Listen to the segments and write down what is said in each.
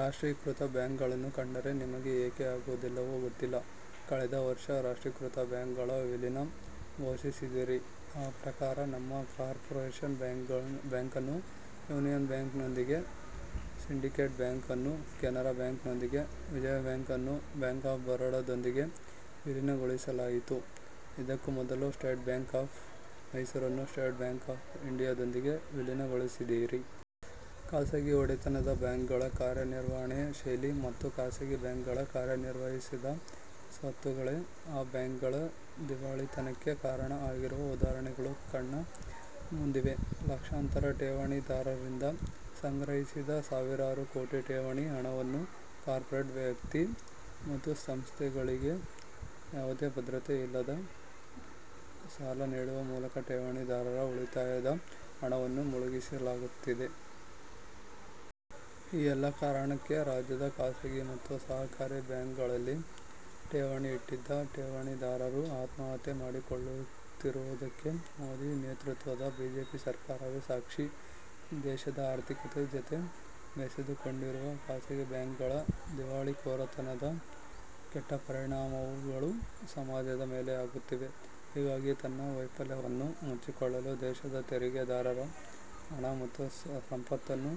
ರಾಷ್ಟ್ರೀಕೃತ ಬ್ಯಾಂಕ್ಗಳನ್ನು ಕಂಡರೆ ನಿಮಗೆ ಏಕೆ ಆಗುವುದಿಲ್ಲವೋ ಗೊತ್ತಿಲ್ಲ. ಕಳೆದ ವರ್ಷ ರಾಷ್ಟ್ರಿಕೃತ ಬ್ಯಾಂಕ್ಗಳ ವಿಲೀನ ಘೋಷಿಸಿದಿರಿ. ಆ ಪ್ರಕಾರ ನಮ್ಮ ಕಾರ್ಪೋರೇಷನ್ ಬ್ಯಾಂಕನ್ನು ಯೂನಿಯನ್ ಬ್ಯಾಂಕ್ನೊಂದಿಗೆ, ಸಿಂಡಿಕೇಟ್ ಬ್ಯಾಂಕನ್ನು ಕೆನರಾ ಬ್ಯಾಂಕ್ನೊಂದಿಗೆ, ವಿಜಯ ಬ್ಯಾಂಕನ್ನು ಬ್ಯಾಂಕ್ ಆಫ್ ಬರೋಡದೊಂದಿಗೆ ವಿಲೀನಗೊಳಿಸಲಾಯಿತು. ಇದಕ್ಕೂ ಮೊದಲು ಸ್ಟೇಟ್ ಬ್ಯಾಂಕ್ ಆಫ್ ಮೈಸೂರನ್ನು ಸ್ಟೇಟ್ ಬ್ಯಾಂಕ್ ಆಫ್ ಇಂಡಿಯಾದೊಂದಿಗೆ ವಿಲೀನಗೊಳಿಸಿದಿರಿ. ಖಾಸಗಿ ಒಡೆತನದ ಬ್ಯಾಂಕ್ಗಳ ಕಾರ್ಯನಿರ್ವಹಣೆ ಶೈಲಿ ಮತ್ತು ಖಾಸಗಿ ಬ್ಯಾಂಕ್ಗಳ ಕಾರ್ಯನಿರ್ವಹಿಸದ ಸ್ವತ್ತುಗಳೇ ಆ ಬ್ಯಾಂಕ್ಗಳ ದಿವಾಳಿತನಕ್ಕೆ ಕಾರಣ ಆಗಿರುವ ಉದಾಹರಣೆಗಳು ಕಣ್ಣ ಮುಂದಿವೆ. ಲಕ್ಷಾಂತರ ಠೇವಣಿದಾರರರಿಂದ ಸಂಗ್ರಹಿಸಿದ ಸಾವಿರಾರು ಕೋಟಿ ಠೇವಣಿ ಹಣವನ್ನು ಕಾರ್ಪೋರೇಟ್ ವ್ಯಕ್ತಿ ಮತ್ತು ಸಂಸ್ಥೆಗಳಿಗೆ ಯಾವುದೇ ಭದ್ರತೆ ಇಲ್ಲದೆ ಸಾಲ ನೀಡುವ ಮೂಲಕ ಠೇವಣಿದಾರರ ಉಳಿತಾಯದ ಹಣವನ್ನು ಮುಳುಗಿಸಲಾಗುತ್ತಿದೆ. ಈ ಎಲ್ಲಾ ಕಾರಣಕ್ಕೆ ರಾಜ್ಯದ ಖಾಸಗಿ ಮತ್ತು ಸಹಕಾರಿ ಬ್ಯಾಂಕ್ಗಳಲ್ಲಿ ಠೇವಣಿ ಇಟ್ಟಿದ್ದ ಠೇವಣಿದಾರರು ಆತ್ಮಹತ್ಯೆ ಮಾಡಿಕೊಳ್ಳುತ್ತಿರುವುದಕ್ಕೆ ಮೋದಿ ನೇತೃತ್ವದ ಬಿಜೆಪಿ ಸರ್ಕಾರವೇ ಸಾಕ್ಷಿ. ದೇಶದ ಆರ್ಥಿಕತೆ ಜತೆ ಬೆಸೆದುಕೊಂಡಿರುವ ಖಾಸಗಿ ಬ್ಯಾಂಕ್ಗಳ ದಿವಾಳಿಕೋರತನದ ಕೆಟ್ಟ ಪರಿಣಾಮಗಳು ಸಮಾಜದ ಮೇಲೆ ಆಗುತ್ತಿವೆ. ಹೀಗಾಗಿ ತನ್ನ ವೈಫಲ್ಯವನ್ನು ಮುಚ್ಚಿಕೊಳ್ಳಲು ದೇಶದ ತೆರಿಗೆದಾರರ ಹಣ ಮತ್ತು ಸಂಪತ್ತನ್ನು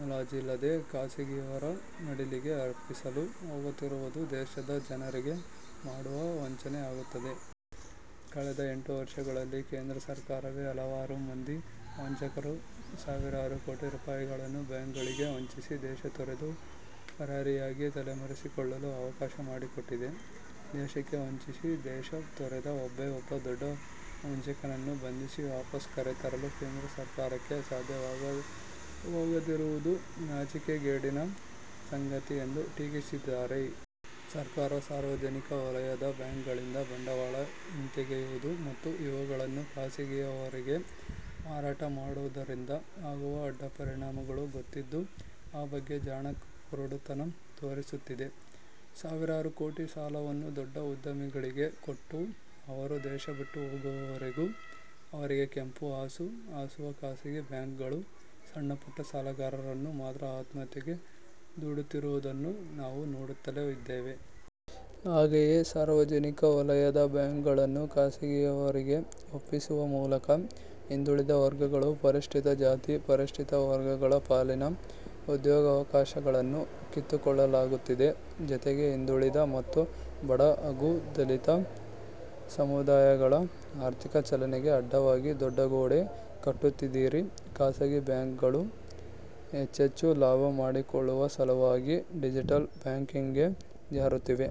ಮುಲಾಜಿಲ್ಲದೆ ಖಾಸಗಿಯವರ ಮಡಿಲಿಗೆ ಅರ್ಪಿಸಲು ಹೋಗುತ್ತಿರುವುದು ದೇಶದ ಜನರಿಗೆ ಮಾಡುವ ವಂಚನೆ ಆಗುತ್ತದೆ. ಕಳೆದ ಎಂಟು ವರ್ಷಗಳಲ್ಲಿ ಕೇಂದ್ರ ಸರ್ಕಾರವೇ ಹಲವಾರು ಮಂದಿ ವಂಚಕರು ಸಾವಿರಾರು ಕೋಟಿ ರೂಪಾಯಿಗಳನ್ನು ಬ್ಯಾಂಕ್ಗಳಿಗೆ ವಂಚಿಸಿ ದೇಶ ತೊರೆದು ಪರಾರಿಯಾಗಿ ತಲೆಮರೆಸಿಕೊಳ್ಳಲು ಅವಕಾಶ ಮಾಡಿಕೊಟ್ಟಿದೆ. ದೇಶಕ್ಕೆ ವಂಚಿಸಿ ದೇಶ ತೊರೆದ ಒಬ್ಬೇ ಒಬ್ಬ ದೊಡ್ಡ ವಂಚಕನನ್ನೂ ಬಂಧಿಸಿ ವಾಪಾಸ್ ಕರೆತರಲು ಕೇಂದ್ರ ಸರ್ಕಾರಕ್ಕೆ ಸಾಧ್ಯವಾಗದಿರುವುದು ನಾಚಿಕೆಗೇಡಿನ ಸಂಗತಿ ಎಂದು ಟೀಕಿಸಿದ್ದಾರೆ. ಸರ್ಕಾರ ಸಾರ್ವಜನಿಕ ವಲಯದ ಬ್ಯಾಂಕ್ಗಳಿಂದ ಬಂಡವಾಳ ಹಿಂತೆಗೆಯುವುದು ಮತ್ತು ಇವುಗಳನ್ನು ಖಾಸಗಿಯವರಿಗೆ ಮಾರಾಟ ಮಾಡುವುದರಿಂದ ಆಗುವ ಅಡ್ಡ ಪರಿಣಾಮಗಳು ಗೊತ್ತಿದ್ದೂ ಆ ಬಗ್ಗೆ ಜಾಣ ಕುರುಡುತನ ತೋರಿಸುತ್ತಿದೆ. ಸಾವಿರಾರು ಕೋಟಿ ಸಾಲವನ್ನು ದೊಡ್ಡ ಉದ್ಯಮಿಗಳಿಗೆ ಕೊಟ್ಟು ಅವರು ದೇಶ ಬಿಟ್ಟು ಹೋಗುವವರೆಗೂ ಅವರಿಗೆ ಕೆಂಪು ಹಾಸು ಹಾಸುವ ಖಾಸಗಿ ಬ್ಯಾಂಕ್ಗಳು ಸಣ್ಣ ಪುಟ್ಟ ಸಾಲಗಾರರನ್ನು ಮಾತ್ರ ಆತ್ಮಹತ್ಯೆಗೆ ದೂಡುತ್ತಿರುವುದನ್ನು ನಾವು ನೋಡುತ್ತಲೇ ಇದ್ದೇವೆ. ಹಾಗೆಯೇ ಸಾರ್ವಜನಿಕ ವಲಯದ ಬ್ಯಾಂಕ್ಗಳನ್ನು ಖಾಸಗಿಯವರಿಗೆ ಒಪ್ಪಿಸುವ ಮೂಲಕ ಹಿಂದುಳಿದ ವರ್ಗಗಳು, ಪರಿಶಿಷ್ಠ ಜಾತಿ, ಪರಿಶಿಷ್ಠ ವರ್ಗಗಳ ಪಾಲಿನ ಉದ್ಯೋಗಾವಕಾಶಗಳನ್ನೂ ಕಿತ್ತುಕೊಳ್ಳಲಾಗುತ್ತಿದೆ. ಜತೆಗೆ ಹಿಂದುಳಿದ ಮತ್ತು ಬಡ ಹಗೂ ದಲಿತ ಸಮುದಾಯಗಳ ಆರ್ಥಿಕ ಚಲನೆಗೆ ಅಡ್ಡವಾಗಿ ದೊಡ್ಡ ಗೋಡೆ ಕಟ್ಟುತ್ತಿದ್ದೀರಿ. ಖಾಸಗಿ ಬ್ಯಾಂಕ್ಗಳು ಹೆಚ್ಚೆಚ್ಚು ಲಾಭ ಮಾಡಿಕೊಳ್ಳುವ ಸಲುವಾಗಿ ಡಿಜಟಲ್ ಬ್ಯಾಂಕಿಂಗ್ಗೆ ಜಾರುತ್ತಿವೆ.